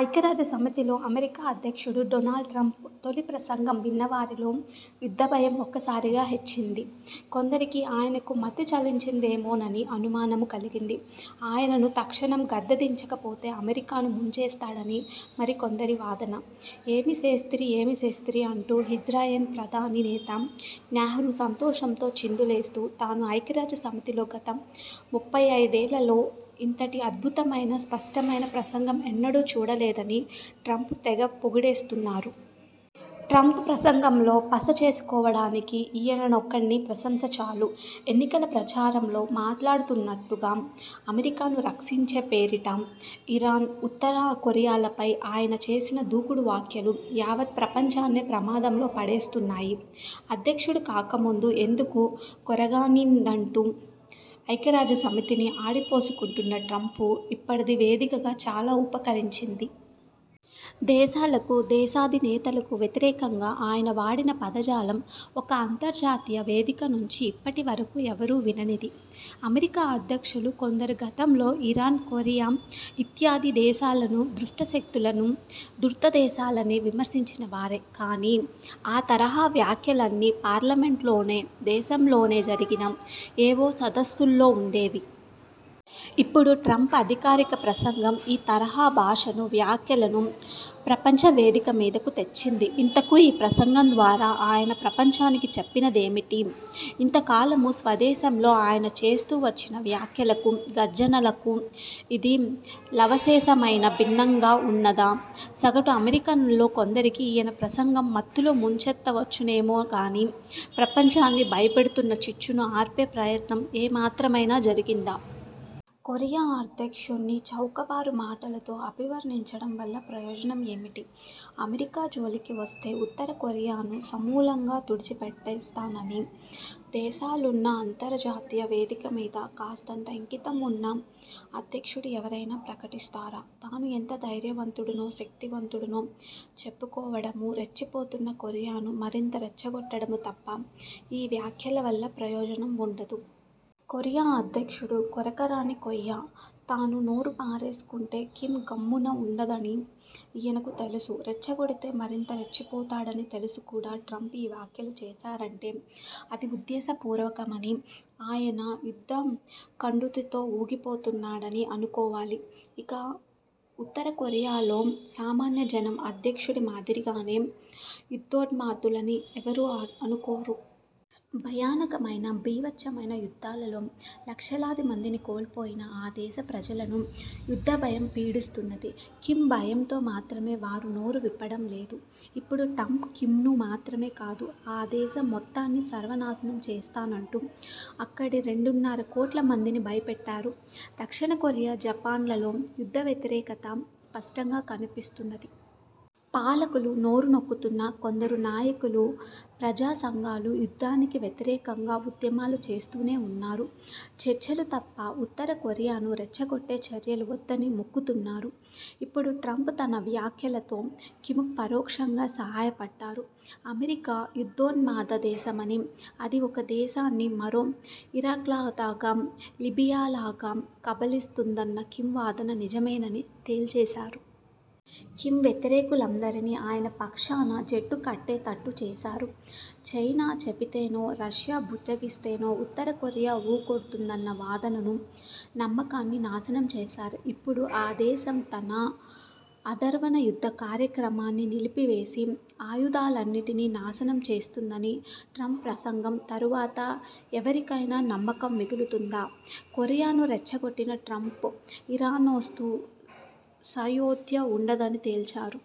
ఐక్యరాజ్య సమితిలో అమెరికా అధ్యక్షుడు డొనాల్డ్ ట్రంప్ తొలి ప్రసంగం విన్నవారిలో యుద్ధభయం ఒక్కసారిగా హెచ్చింది. కొందరికి ఆయనకు మతిచలించిందేమోనని అనుమానమూ కలిగింది. ఆయనను తక్షణం గద్దె దించకపోతే అమెరికాను ముంచేస్తాడని మరికొందరి వాదన. ఏమి సెప్తిరి, ఏమి సెప్తిరి అంటూ ఇజ్రాయెల్ ప్రధాని నెతన్యాహూ సంతోషంతో చిందులేస్తూ తాను ఐక్యరాజ్యసమితిలో గత ముప్పయ్యేళ్ళలో ఇంతటి అద్భుతమైన, స్పష్టమైన ప్రసంగం ఎన్నడూ చూడలేదని ట్రంప్ను తెగపొగిడేస్తున్నారు. ట్రంప్ ప్రసంగంలో పస తెలుసుకోవడానికి ఈయనొక్కడి ప్రశంస చాలు. ఎన్నికల ప్రచారంలో మాట్లాడినట్టుగా, అమెరికాను రక్షించే పేరిట ఇరాన్, ఉత్తరకొరియాలపై ఆయన చేసిన దూకుడు వ్యాఖ్యలు యావత్ ప్రపంచాన్నే ప్రమాదంలో పడేస్తున్నాయి. అధ్యక్షుడు కాకముందు ఎందుకూ కొరగానిదంటూ ఐక్యరాజ్యసమితిని ఆడిపోసుకున్న ట్రంప్కు ఇప్పుడది వేదికగా బాగా ఉపకరించింది. దేశాలకు, దేశాధినేతలకు వ్యతిరేకంగా ఆయన వాడిన పదజాలం ఒక అంతర్జాతీయ వేదికనుంచి ఇప్పటివరకూ ఎవరూ విననిది. అమెరికా అధ్యక్షులు కొందరు గతంలో ఇరాన్, కొరియా ఇత్యాది దేశాలను దుష్టశక్తులనీ, ధూర్తదేశాలనీ విమర్శించినవారే. కానీ, ఆ తరహా వ్యాఖ్యలన్నీ పార్లమెంటులోనో, దేశంలోనే జరిగిన ఏవో సదస్సుల్లోనో ఉండేవి. ఇప్పుడు ట్రంప్ అధికారిక ప్రసంగం ఈ తరహా భాషనూ, వ్యాఖ్యలను ప్రపంచవేదికమీదకు తెచ్చింది. ఇంతకూ ఈ ప్రసంగం ద్వారా ఆయన ప్రపంచానికి చెప్పినదేమిటి? ఇంతకాలమూ స్వదేశంలో ఆయన చేస్తూవచ్చిన వ్యాఖ్యలకు, గర్జనలకు ఇది లవలేశమైనా భిన్నంగా ఉన్నదా? సగటు అమెరికన్లలో కొందరిని ఈయన ప్రసంగం మత్తులో ముంచెత్తవచ్చునేమో కానీ, ప్రపంచాన్ని భయపెడుతున్న చిచ్చును ఆర్పే ప్రయత్నం ఏమాత్రమైనా జరిగిందా? కొరియా అధ్యక్షుడిని చౌకబారు మాటలతో అభివర్ణించడం వల్ల ప్రయోజనం ఏమిటి? అమెరికా జోలికి వస్తే ఉత్తరకొరియాను సమూలంగా తుడిచిపెట్టేస్తానని దేశాలున్న అంతర్జాతీయ వేదికమీద కాస్తంత ఇంగితం ఉన్న అధ్యక్షుడు ఎవరైనా ప్రకటిస్తారా? తాను ఎంత ధైర్యవంతుడినో, శక్తిమంతుడినో చెప్పుకోవడమూ, రెచ్చిపోతున్న కొరియాను మరింత రెచ్చగొట్టడమూ తప్ప ఈ వ్యాఖ్యలవల్ల ప్రయోజనం ఉండదు. కొరియా అధ్యక్షుడు కొరకరాని కొయ్య. తాను నోరుపారేసుకుంటే కిమ్ గమ్మున ఉండడని ఈయనకూ తెలుసు. రెచ్చగొడితే మరింత రెచ్చిపోతాడని తెలిసి కూడా ట్రంప్ ఈ వ్యాఖ్యలు చేశారంటే అది ఉద్దేశపూర్వకమనీ, ఆయన యుద్ధకండూతితో ఊగిపోతున్నాడనీ అనుకోవాలి. ఇక, ఉత్తరకొరియాలో సామాన్య జనం అధ్యక్షుడి మాదిరిగానే యుద్ధోన్మాదులని ఎవరూ అనుకోరు. భయానకమైన బీభత్సమైన యుద్ధాల్లో లక్షలమందిని కోల్పోయిన ఆ దేశ ప్రజలను యుద్ధభయం పీడిస్తున్నది. కిమ్ భయంతో మాత్రమే వారు నోరువిప్పడం లేదు. ఇప్పుడు ట్రంప్ కిమ్ను మాత్రమే కాదు, ఆ దేశం మొత్తాన్ని సర్వనాశనం చేస్తానంటూ అక్కడి రెండున్నరకోట్లమందినీ భయపెట్టారు. దక్షిణకొరియా, జపాన్లలో యుద్ధవ్యతిరేకత స్పష్టంగా కనిపిస్తున్నది. పాలకులు నోరునొక్కుతున్నా, కొందరు నాయకులు, ప్రజాసంఘాలు యుద్ధానికి వ్యతిరేకంగా ఉద్యమాలు చేస్తూనే ఉన్నారు. చర్చలు తప్ప ఉత్తరకొరియాను రెచ్చగొట్టే చర్యలు వద్దని మొక్కుతున్నారు. ఇప్పుడు ట్రంప్ తన వ్యాఖ్యలతో కిమ్కు పరోక్షంగా సహాయపడ్డారు. అమెరికా యుద్ధోన్మాదదేశమనీ, అది తన దేశాన్ని మరో ఇరాక్లాగా, లిబియాలాగా కబళిస్తుందన్న కిమ్ వాదన నిజమేనని తేల్చేశారు. కిమ్ వ్యతిరేకులందరినీ ఆయన పక్షాన జట్టుకట్టేట్టు చేశారు. చైనా చెబితేనో, రష్యా బుజ్జగిస్తేనో ఉత్తరకొరియా ఊ కొడుతుందన్న వాదననూ, నమ్మకాన్ని నాశనం చేశారు. ఇప్పుడు ఆ దేశం తన అణ్వాయుధ కార్యక్రమాన్ని నిలిపివేసి, ఆయుధాలన్నింటినీ నాశనం చేస్తుందని ట్రంప్ ప్రసంగం తరువాత ఎవరికైనా నమ్మకం మిగులుతుందా? కొరియాను రెచ్చగొట్టిన ట్రంప్, ఇరాన్తోనూ సయోధ్య ఉండదని తేల్చేశారు.